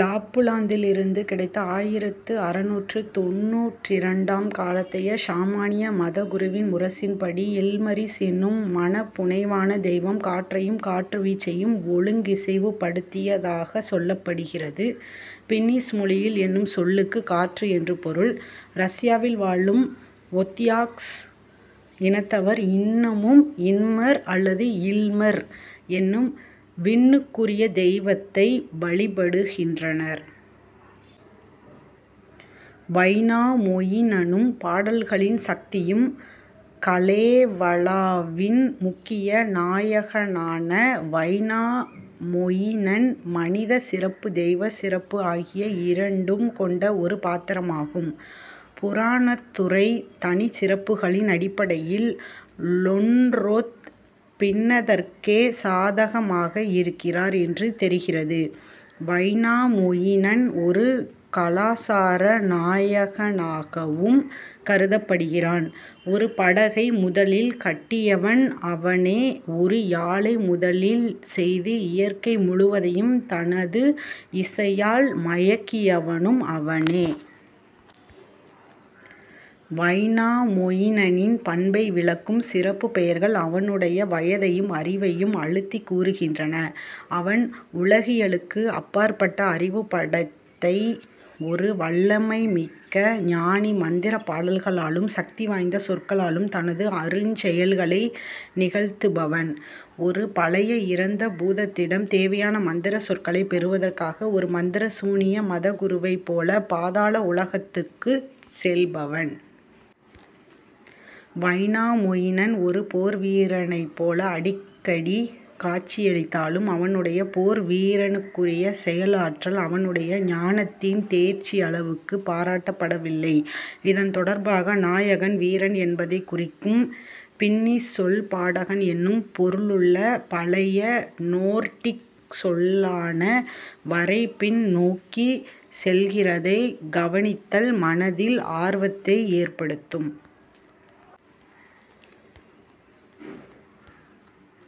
லாப்புலாந்திலிருந்து கிடைத்த ஆயிரத்து அறுநூற்று தொண்ணூற்றிரண்டாம் காலத்தைய ஷமானிய மதகுருவின் முரசின்படி இல்மரிஸ் என்னும் மனப்புனைவான தெய்வம் காற்றையும் காற்றுவீச்சையும் ஒழுங்கிசைவுப்படுத்தியதாகச் சொல்லப்படுகிறது. பின்னிஷ் மொழியில் என்னும் சொல்லுக்குக் காற்று என்று பொருள். ரஷ்யாவில் வாழும் வொத்யாக்ஸ் இனத்தவர் இன்னமும் இன்மர் அல்லது இல்மெர் என்னும் விண்ணுக்குரிய தெய்வத்தை வழிபடுகின்றனர். வைனாமொயினனும் பாடல்களின் சக்தியும் கலேவலாவின் முக்கிய நாயகனான வைனாமொயினன் மனிதச் சிறப்பு தெய்வச் சிறப்பு ஆகிய இரண்டும் கொண்ட ஒரு பாத்திரமாகும். புராணத்துறைத் தனிச்சிறப்புகளின் அடிப்படையில் லொண்ரொத் பின்னதற்கே சாதகமாக இருக்கிறார் என்று தெரிகிறது. வைனாமொயினன் ஒரு கலாசார நாயகனாகவும் கருதப்படுகிறான் ஒரு படகை முதலில் கட்டியவன் அவனே ஒரு யாழை முதலில் செய்து இயற்கை முழுவதையும் தனது இசையால் மயக்கியவனும் அவனே. வைனாமொயினனின் பண்பை விளக்கும் சிறப்புப் பெயர்கள் அவனுடைய வயதையும் அறிவையும் அழுத்திக் கூறுகின்றன அவன் உலகியலுக்கு அப்பாற்பட்ட அறிவு படைத்த ஒரு வல்லமைமிக்க ஞானி மந்திரப் பாடல்களாலும் சக்தி வாய்ந்த சொற்களாலும் தனது அருஞ்செயல்களை நிகழ்த்துபவன். ஒரு பழைய இறந்த பூதத்திடம் தேவையான மந்திரச் சொற்களைப் பெறுவதற்காக ஒரு மந்திர சூனிய மதகுருவைப்போல பாதாள உலகத்துக்குச் செல்பவன். வைனாமொயினன் ஒரு போர்வீரனைப் போல அடிக்கடி காட்சியளித்தாலும் அவனுடைய போர்வீரனுக்குரிய செயலாற்றல் அவனுடைய ஞானத்தின் தேர்ச்சியளவுக்குப் பாராட்டப்படவில்லை. இதன் தொடர்பாக நாயகன் வீரன் என்பதைக் குறிக்கும் பின்னிஷ் சொல் பாடகன் என்னும் பொருளுள்ள பழைய நோர்டிக் சொல்லான வரை பின் நோக்கிச் செல்கிறதைக் கவனித்தல் மனதில் ஆர்வத்தை ஏற்படுத்தும்.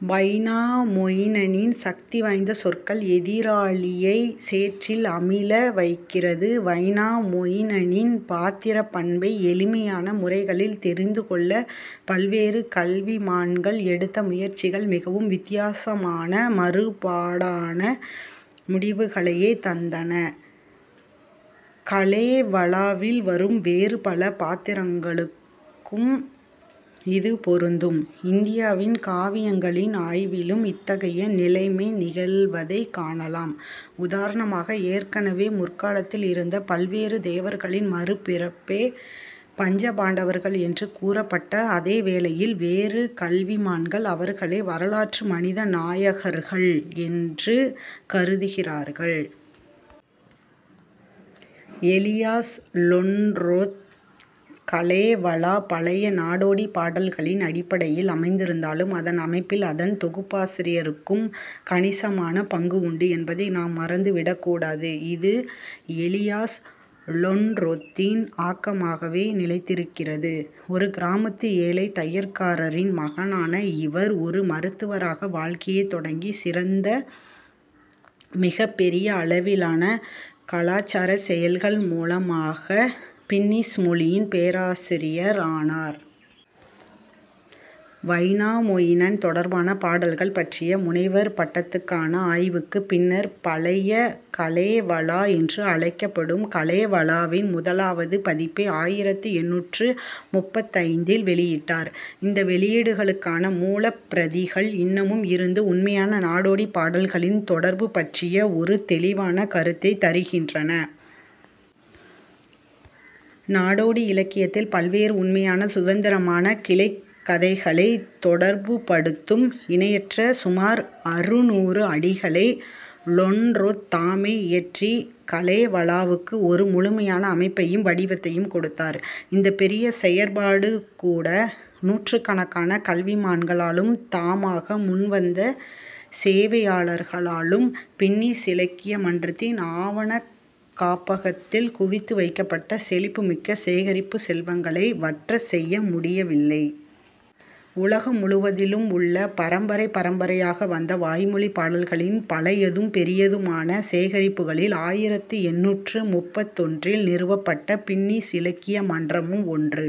வைனாமொயினனின் சக்தி வாய்ந்த சொற்கள் எதிராளியைச் சேற்றில் அமிழ வைக்கிறது. வைனாமொயினனின் பாத்திரப் பண்பை எளிமையான முறைகளில் தெரிந்து கொள்ளப் பல்வேறு கல்விமான்கள் எடுத்த முயற்சிகள் மிகவும் வித்தியாசமான மாறுபாடான முடிவுகளையே தந்தன. கலேவலாவில் வரும் வேறு பல பாத்திரங்களுக்கும் இது பொருந்தும். இந்தியாவின் காவியங்களின் ஆய்விலும் இத்தகைய நிலைமை நிகழ்வதைக் காணலாம் உதாரணமாக ஏற்கனவே முற்காலத்தில் இருந்த பல்வேறு தேவர்களின் மறுபிறப்பே பஞ்சபாண்டவர்கள் என்று கூறப்பட்ட அதே வேளையில் வேறு கல்விமான்கள் அவர்களை வரலாற்று மனித நாயகர்கள் என்று கருதுகிறார்கள். எலியாஸ் லொண்ரொத் கலேவலா பழைய நாடோடிப் பாடல்களின் அடிப்படையில் அமைந்திருந்தாலும் அதன் அமைப்பில் அதன் தொகுப்பாசிரியருக்கும் கணிசமான பங்கு உண்டு என்பதை நாம் மறந்து விடக் கூடாது. இது எலியாஸ் லொண்ரொத்தின் ஆக்கமாகவே நிலைத்திருக்கிறது ஒரு கிராமத்து ஏழைத் தையற்காரரின் மகனான இவர் ஒரு மருத்துவராக வாழ்க்கையைத் தொடங்கி சிறந்த மிகப் பெரிய அளவிலான கலாசாரச் செயல்கள் மூலமாகப் பின்னிஷ் மொழியின் பேராசிரியர் ஆனார். வைனாமொயினன் தொடர்பான பாடல்கள் பற்றிய முனைவர் பட்டத்துக்கான ஆய்வுக்குப் பின்னர் பழைய கலேவலா என்று அழைக்கப்படும் கலேவலாவின் முதலாவது பதிப்பை ஆயிரத்து எண்ணூற்று முப்பத்தைந்தில் வெளியிட்டார். இந்த வெளியீடுகளுக்கான மூலப் பிரதிகள் இன்னமும் இருந்து உண்மையான நாடோடிப் பாடல்களின் தொடர்பு பற்றிய ஒரு தெளிவான கருத்தைத் தருகின்றன. நாடோடி இலக்கியத்தில் பல்வேறு உண்மையான சுதந்திரமான கிளைக் கதைகளைத் தொடர்புபடுத்தும் இணையற்ற சுமார் அறுநூறு அடிகளை லொண்ரொத் தாமே இயற்றிக் கலேவலாவுக்கு ஒரு முழுமையான அமைப்பையும் வடிவத்தையும் கொடுத்தார். இந்தப் பெரிய செயற்பாடுகூட நூற்றுக்கணக்கான கல்விமான்களாலும் தாமாக முன்வந்த சேவையாளர்களாலும் பின்னிஷ் இலக்கிய மன்றத்தின் ஆவணக் காப்பகத்தில் குவித்து வைக்கப்பட்ட செழிப்புமிக்க சேகரிப்புச் செல்வங்களை வற்றச் செய்ய முடியவில்லை. உலகம் முழுவதிலும் உள்ள பரம்பரை பரம்பரையாக வந்த வாய்மொழிப் பாடல்களின் பழையதும் பெரியதுமான சேகரிப்புகளில் ஆயிரத்து எண்ணூற்று முப்பத்தொன்றில் நிறுவப்பட்ட பின்னிஷ் இலக்கிய மன்றமும் ஒன்று.